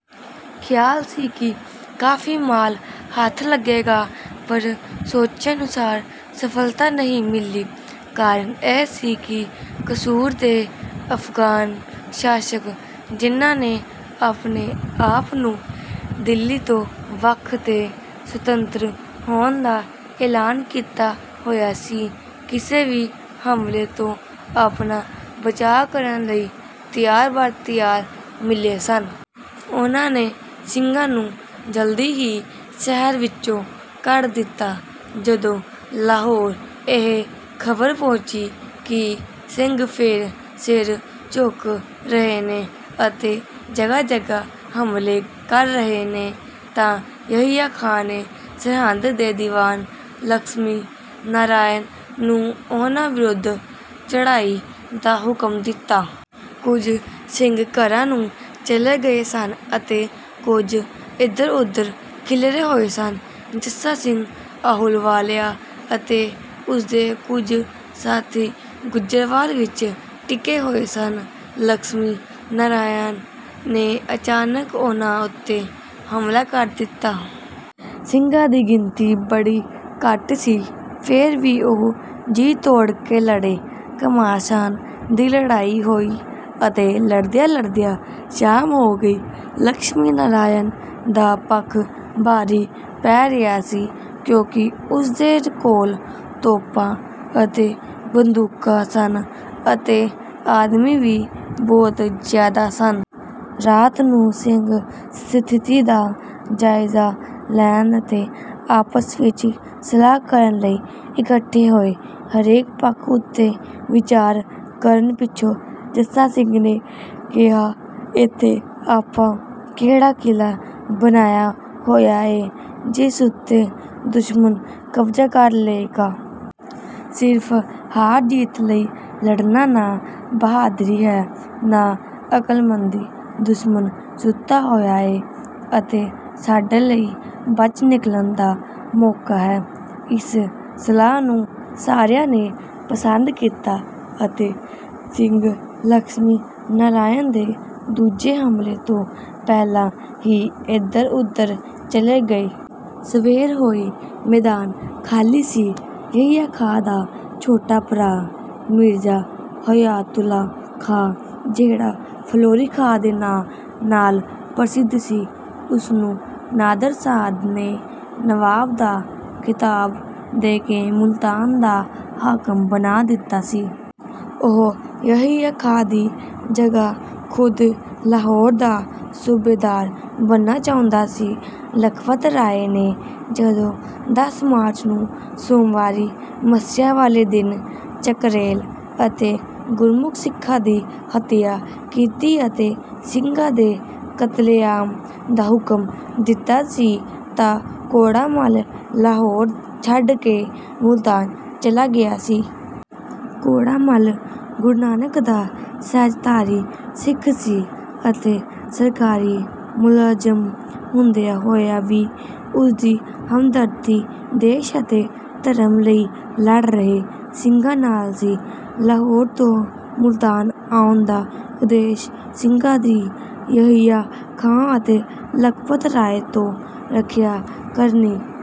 ਖ਼ਿਆਲ ਸੀ ਕਿ ਕਾਫ਼ੀ ਮਾਲ ਹੱਥ ਲੱਗੇਗਾ। ਪਰ ਸੋਚੇ ਅਨੁਸਾਰ ਸਫਲਤਾ ਨਹੀਂ ਮਿਲੀ। ਕਾਰਨ ਇਹ ਸੀ ਕਿ ਕਸੂਰ ਦੇ ਅਫ਼ਗਾਨ ਸ਼ਾਸਕ, ਜਿਹਨਾਂ ਨੇ ਆਪਣੇ ਆਪ ਨੂੰ ਦਿੱਲੀ ਤੋਂ ਵੱਖ ਤੇ ਸੁਤੰਤਰ ਹੋਣ ਦਾ ਐਲਾਨ ਕੀਤਾ ਹੋਇਆ ਸੀ, ਕਿਸੇ ਵੀ ਹਮਲੇ ਤੋਂ ਆਪਣਾ ਬਚਾਅ ਕਰਨ ਲਈ ਤਿਆਰ-ਬਰ-ਤਿਆਰ ਮਿਲੇ ਸਨ। ਉਹਨਾਂ ਨੇ ਸਿੰਘਾਂ ਨੂੰ ਜਲਦੀ ਹੀ ਸ਼ਹਿਰ ਵਿੱਚੋਂ ਕੱਢ ਦਿੱਤਾ। ਜਦੋਂ ਲਾਹੌਰ ਇਹ ਖ਼ਬਰ ਪਹੁੰਚੀ ਕਿ ਸਿੰਘ ਫੇਰ ਸਿਰ ਚੁੱਕ ਰਹੇ ਨੇ ਅਤੇ ਜਗ੍ਹਾ-ਜਗ੍ਹਾ ਹਮਲੇ ਕਰ ਰਹੇ ਨੇ, ਤਾਂ ਯਹੀਆ ਖਾਂ ਨੇ ਸਰਹਿੰਦ ਦੇ ਦੀਵਾਨ ਲਕਸ਼ਮੀ ਨਾਰਾਇਣ ਨੂੰ ਉਹਨਾਂ ਵਿਰੁੱਧ ਚੜ੍ਹਾਈ ਦਾ ਹੁਕਮ ਦਿੱਤਾ। ਕੁਝ ਸਿੰਘ ਘਰਾਂ ਨੂੰ ਚਲੇ ਗਏ ਸਨ ਅਤੇ ਕੁਝ ਇਧਰ-ਉਧਰ ਖਿੱਲਰੇ ਹੋਏ ਸਨ। ਜੱਸਾ ਸਿੰਘ ਆਹਲੂਵਾਲੀਆ ਅਤੇ ਉਸਦੇ ਕੁਝ ਸਾਥੀ ਗੁੱਜਰਵਾਲ ਵਿੱਚ ਟਿਕੇ ਹੋਏ ਸਨ। ਲਕਸ਼ਮੀ ਨਾਰਾਇਣ ਨੇ ਅਚਾਨਕ ਉਹਨਾਂ ਉੱਤੇ ਹਮਲਾ ਕਰ ਦਿੱਤਾ। ਸਿੰਘਾਂ ਦੀ ਗਿਣਤੀ ਬੜੀ ਘੱਟ ਸੀ, ਫੇਰ ਵੀ ਉਹ ਜੀਅ-ਤੋੜ ਕੇ ਲੜੇ। ਘਮਾਸਾਨ ਦੀ ਲੜਾਈ ਹੋਈ ਅਤੇ ਲੜਦਿਆਂ-ਲੜਦਿਆਂ ਸ਼ਾਮ ਹੋ ਗਈ। ਲਕਸ਼ਮੀ ਨਾਰਾਇਣ ਦਾ ਪੱਖ ਭਾਰੀ ਪੈ ਰਿਹਾ ਸੀ, ਕਿਉਂਕਿ ਉਸਦੇ ਕੋਲ ਤੋਪਾਂ ਅਤੇ ਬੰਦੂਕਾਂ ਸਨ ਅਤੇ ਆਦਮੀ ਵੀ ਬਹੁਤ ਜ਼ਿਆਦਾ ਸਨ। ਰਾਤ ਨੂੰ ਸਿੰਘ ਸਥਿਤੀ ਦਾ ਜਾਇਜ਼ਾ ਲੈਣ ਅਤੇ ਆਪਸ ਵਿੱਚ ਸਲਾਹ ਕਰਨ ਲਈ ਇਕੱਠੇ ਹੋਏ। ਹਰੇਕ ਪੱਖ ਉੱਤੇ ਵਿਚਾਰ ਕਰਨ ਪਿੱਛੋਂ ਜੱਸਾ ਸਿੰਘ ਨੇ ਕਿਹਾ, "ਇੱਥੇ ਆਪਾਂ ਕਿਹੜਾ ਕਿਲ੍ਹਾ ਬਣਾਇਆ ਹੋਇਆ ਏ, ਜਿਸ ਉੱਤੇ ਦੁਸ਼ਮਣ ਕਬਜ਼ਾ ਕਰ ਲਏਗਾ। ਸਿਰਫ਼ ਹਾਰ-ਜਿੱਤ ਲਈ ਲੜਨਾ ਨਾ ਬਹਾਦਰੀ ਹੈ, ਨਾ ਅਕਲਮੰਦੀ। ਦੁਸ਼ਮਣ ਸੁੱਤਾ ਹੋਇਆ ਏ ਅਤੇ ਸਾਡੇ ਲਈ ਬਚ ਨਿਕਲਣ ਦਾ ਮੌਕਾ ਹੈ।" ਇਸ ਸਲਾਹ ਨੂੰ ਸਾਰਿਆਂ ਨੇ ਪਸੰਦ ਕੀਤਾ ਅਤੇ ਸਿੰਘ ਲਕਸ਼ਮੀ ਨਾਰਾਇਣ ਦੇ ਦੂਜੇ ਹਮਲੇ ਤੋਂ ਪਹਿਲਾਂ ਹੀ ਇਧਰ-ਉਧਰ ਚਲੇ ਗਏ। ਸਵੇਰ ਹੋਈ, ਮੈਦਾਨ ਖਾਲੀ ਸੀ। ਯਹੀਆ ਖਾਂ ਦਾ ਛੋਟਾ ਭਰਾ ਮਿਰਜ਼ਾ ਹਯਾਤੁੱਲਾ ਖਾਂ, ਜਿਹੜਾ ਫਲੌਰੀ ਖਾਂ ਦੇ ਨਾਂ ਨਾਲ ਪ੍ਰਸਿੱਧ ਸੀ, ਉਸਨੂੰ ਨਾਦਰ ਸ਼ਾਹ ਨੇ ਨਵਾਬ ਦਾ ਖਿਤਾਬ ਦੇ ਕੇ ਮੁਲਤਾਨ ਦਾ ਹਾਕਮ ਬਣਾ ਦਿੱਤਾ ਸੀ। ਉਹ ਯਹੀਆ ਖਾਂ ਦੀ ਜਗ੍ਹਾ ਖ਼ੁਦ ਲਾਹੌਰ ਦਾ ਸੂਬੇਦਾਰ ਬਣਨਾ ਚਾਹੁੰਦਾ ਸੀ। ਲਖਪਤ ਰਾਏ ਨੇ ਜਦੋਂ ਦੱਸ ਮਾਰਚ ਨੂੰ, ਸੋਮਵਾਰੀ ਮੱਸਿਆ ਵਾਲੇ ਦਿਨ, ਚਕਰੈਲ ਅਤੇ ਗੁਰਮੁਖ ਸਿੱਖਾਂ ਦੀ ਹੱਤਿਆ ਕੀਤੀ ਅਤੇ ਸਿੰਘਾਂ ਦੇ ਕਤਲੇਆਮ ਦਾ ਹੁਕਮ ਦਿੱਤਾ ਸੀ, ਤਾਂ ਕੌੜਾ ਮੱਲ ਲਾਹੌਰ ਛੱਡ ਕੇ ਮੁਲਤਾਨ ਚਲਾ ਗਿਆ ਸੀ। ਕੌੜਾ ਮੱਲ ਗੁਰੂ ਨਾਨਕ ਦਾ ਸਹਿਜਧਾਰੀ ਸਿੱਖ ਸੀ ਅਤੇ ਸਰਕਾਰੀ ਮੁਲਾਜ਼ਮ ਹੁੰਦਿਆਂ ਹੋਇਆਂ ਵੀ ਉਸਦੀ ਹਮਦਰਦੀ ਦੇਸ਼ ਅਤੇ ਧਰਮ ਲਈ ਲੜ ਰਹੇ ਸਿੰਘਾਂ ਨਾਲ ਸੀ। ਲਾਹੌਰ ਤੋਂ ਮੁਲਤਾਨ ਆਉਣ ਦਾ ਉਦੇਸ਼ ਸਿੰਘਾਂ ਦੀ ਯਹੀਆ ਖਾਂ ਅਤੇ ਲਖਪਤ ਰਾਏ ਤੋਂ ਰੱਖਿਆ ਕਰਨੀ